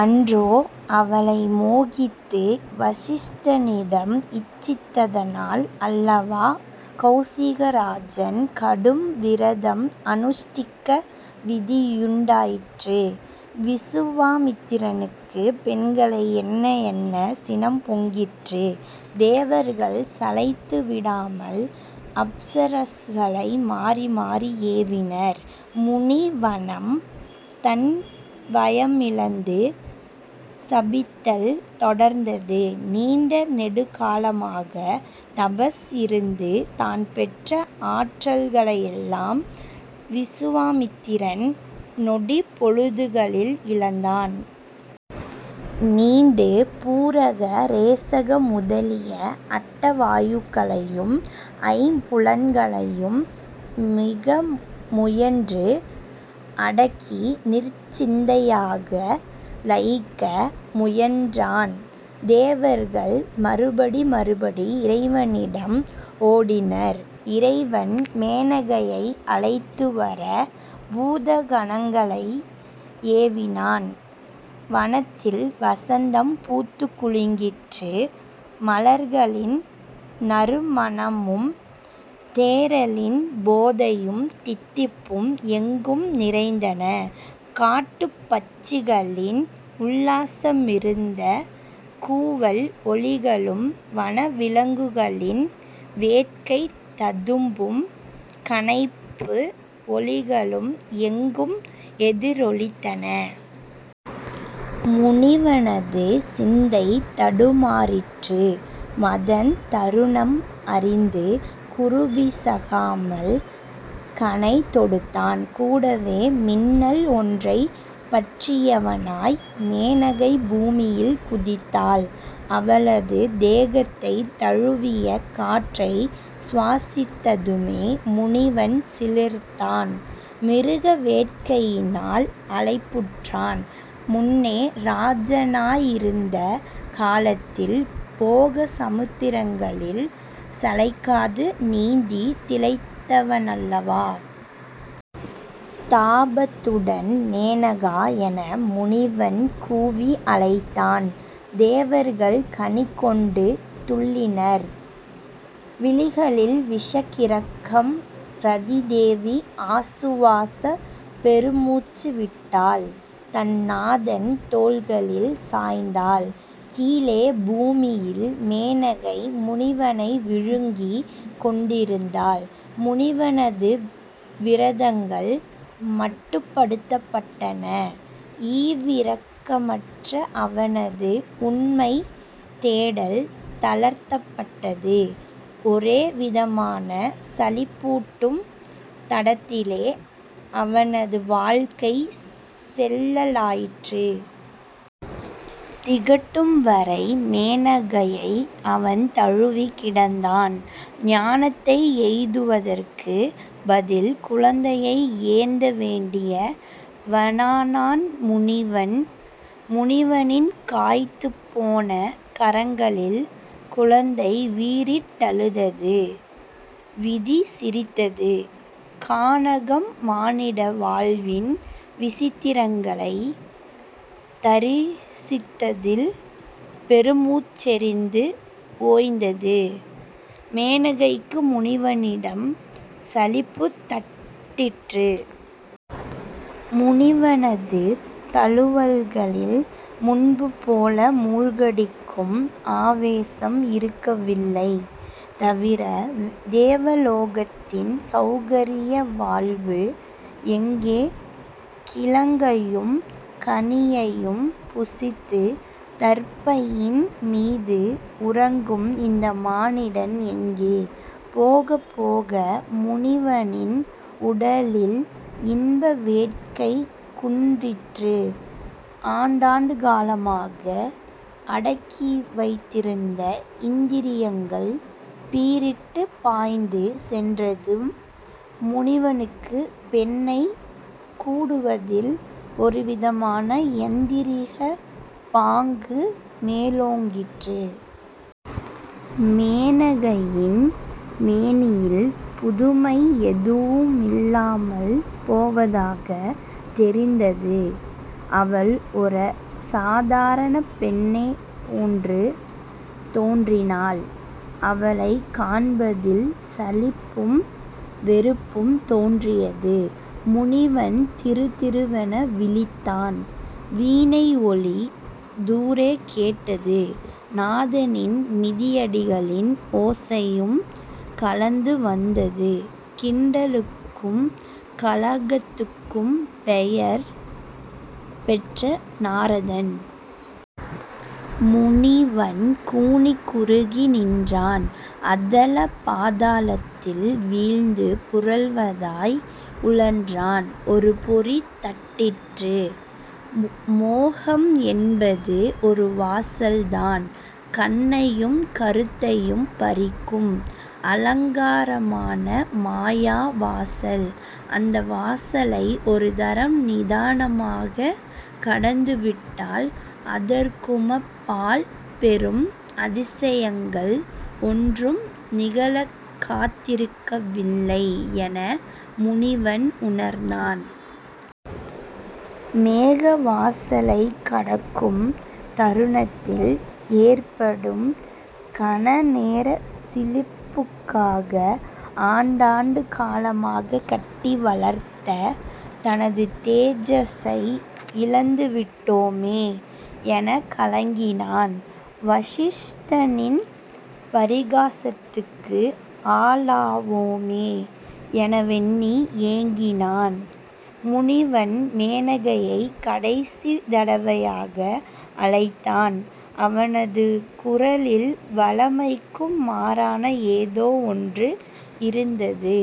அன்றோ? அவளை மோகித்து வசிஷ்டனிடம் இச்சித்ததனால் அல்லவா கெளசிகராஜன் கடும் விரதம் அனுஷ்டிக்க விதியுண்டாயிற்று. விசுவாமித்திரனுக்கு பெண்களை எண்ண எண்ண சினம் பொங்கிற்று. தேவர்கள் சளைத்து விடாமல் அப்சரஸ்களை மாறி மாறி ஏவினர். முனிவனம் தன்வயமிழந்து சபித்தல் தொடர்ந்தது. நீண்ட நெடுங்காலமாக தபஸ் இருந்து தான்பெற்ற ஆற்றல்களையெல்லாம் விசுவாமித்திரன் நொடிப் பொழுதுகளில் இழந்தான். மீண்டு பூரக ரேசக முதலிய அட்டவாயுக்களையும் ஐம்புலன்களையும் மிகமுயன்று அடக்கி நிர்ச்சிந்தையாக லயிக்க முயன்றான். தேவர்கள் மறுபடி மறுபடி இறைவனிடம் ஓடினர். இறைவன் மேனகையை அழைத்துவர பூதகணங்களை ஏவினான். வனத்தில் வசந்தம் பூத்துக் குலுங்கிற்று. மலர்களின் நறுமணமும் தேறலின் போதையும் தித்திப்பும் எங்கும் நிறைந்தன. காட்டுப்பட்சிகளின் உல்லாசமிருந்த கூவல் ஒலிகளும் வனவிலங்குகளின் வேட்கை ததும்பும் கனைப்பு ஒலிகளும் எங்கும் எதிரொலித்தன. முனிவனது சிந்தை தடுமாறிற்று. மதன் தருணம் அறிந்து குறிபிசகாமல் கணை தொடுத்தான். கூடவே, மின்னல் ஒன்றைப் பற்றியவனாய் மேனகை பூமியில் குதித்தாள். அவளது தேகத்தை தழுவிய காற்றைச் சுவாசித்ததுமே முனிவன் சிலிர்த்தான். மிருக வேட்கையினால் அலைப்புற்றான். முன்னே, ராஜனாயிருந்த காலத்தில் போகசமுத்திரங்களில் சளைக்காது நீந்தித் திளைத்தவனல்லவா? தாபத்துடன் மேனகா என முனிவன் கூவி அழைத்தான். தேவர்கள் கனிகொண்டு துள்ளினர். விழிகளில் விஷக்கிறக்கம். ரதிதேவி ஆசுவாசப் பெருமூச்சு விட்டாள். தன் நாதன் தோள்களில் சாய்ந்தாள். கீழே பூமியில்; மேனகை முனிவனை விழுங்கிக் கொண்டிருந்தாள். முனிவனது விரதங்கள் மட்டுப்படுத்தப்பட்டன. ஈவிரக்கமற்ற அவனது உண்மைதேடல் தளர்த்தப்பட்டது. ஒரேவிதமான சலிப்பூட்டும் தடத்திலே அவனது வாழ்க்கை செல்லலாயிற்று. திகட்டும் வரை மேனகையை அவன் தழுவிக் கிடந்தான். ஞானத்தை எய்துவதற்கு பதில் குழந்தையை ஏந்த வேண்டிய வனானான் முனிவன் முனிவனின் காய்த்துப் போன கரங்களில் குழந்தை வீரிட்டழுதது. விதி சிரித்தது. கானகம் மானிட வாழ்வின் விசித்திரங்களை தரிசித்ததில் பெருமூச்செறிந்து ஓய்ந்தது. மேனகைக்கு முனிவனிடம் சலிப்புத் தட்டிற்று. முனிவனது தழுவல்களில் முன்புபோல மூழ்கடிக்கும் ஆவேசம் இருக்கவில்லை. தவிர தேவலோகத்தின் செளகர்ய வாழ்வு எங்கே கிழங்கையும் கனியையும் புசித்து தர்ப்பையின் மீது உறங்கும் இந்த மானிடன் எங்கே? போகப்போக முனிவனின் உடலில் இன்ப வேட்கை குன்றிற்று. ஆண்டாண்டு காலமாக அடக்கிவைத்திருந்த இந்திரியங்கள் பீரிட்டுப் பாய்ந்து சென்றதும் முனிவனுக்கு பெண்ணைக் கூடுவதில் ஒருவிதமான யந்திரிகப் பாங்கு மேலோங்கிற்று. மேனகையின் மேனியில் புதுமை எதுவுமில்லாமல் போவதாகத் தெரிந்தது. அவள் ஒர சாதாரண பெண்ணே போன்று தோன்றினாள். அவளைக் காண்பதில் சலிப்பும் வெறுப்பும் தோன்றியது. முனிவன் திருதிரு வென விழித்தான். வீணை ஒலி தூரே கேட்டது. நாதனின் மிதியடிகளின் ஓசையும் கலந்து வந்தது. கிண்டலுக்கும் கலகத்துக்கும் பெயர் பெற்ற நாரதன்... முனிவன் கூனிக் குறுகி நின்றான். அதலபாதாளத்தில் வீழ்ந்து புரள்வதாய் உழன்றான். ஒரு பொறி தட்டிற்று. மோகம் என்பது ஒருவாசல் தான். கண்ணையும் கருத்தையும் பறிக்கும் அலங்காரமான மாயாவாசல். அந்த வாசலை ஒருதரம் நிதானமாக கடந்துவிட்டால் அதற்குமப்பால் பெரும் அதிசயங்கள் ஒன்றும் நிகழக்காத்திருக்கவில்லை என முனிவன் உணர்ந்தான். மேகவாசலைக்கடக்கும் தருணத்தில் ஏற்படும் கணநேரச் சிலிப்புக்காக ஆண்டாண்டு காலமாக கட்டி வளர்த்த தனது தேஜஸை இழந்து விட்டோமே எனக்கலங்கினான். வசிஷ்டனின் பரிகாசத்துக்கு ஆளாவோமே எனவெண்ணி ஏங்கினான். முனிவன் மேனகையை கடைசித் தடவையாக அழைத்தான். அவனது குரலில் வழமைக்கு மாறான ஏதோ ஒன்று இருந்தது.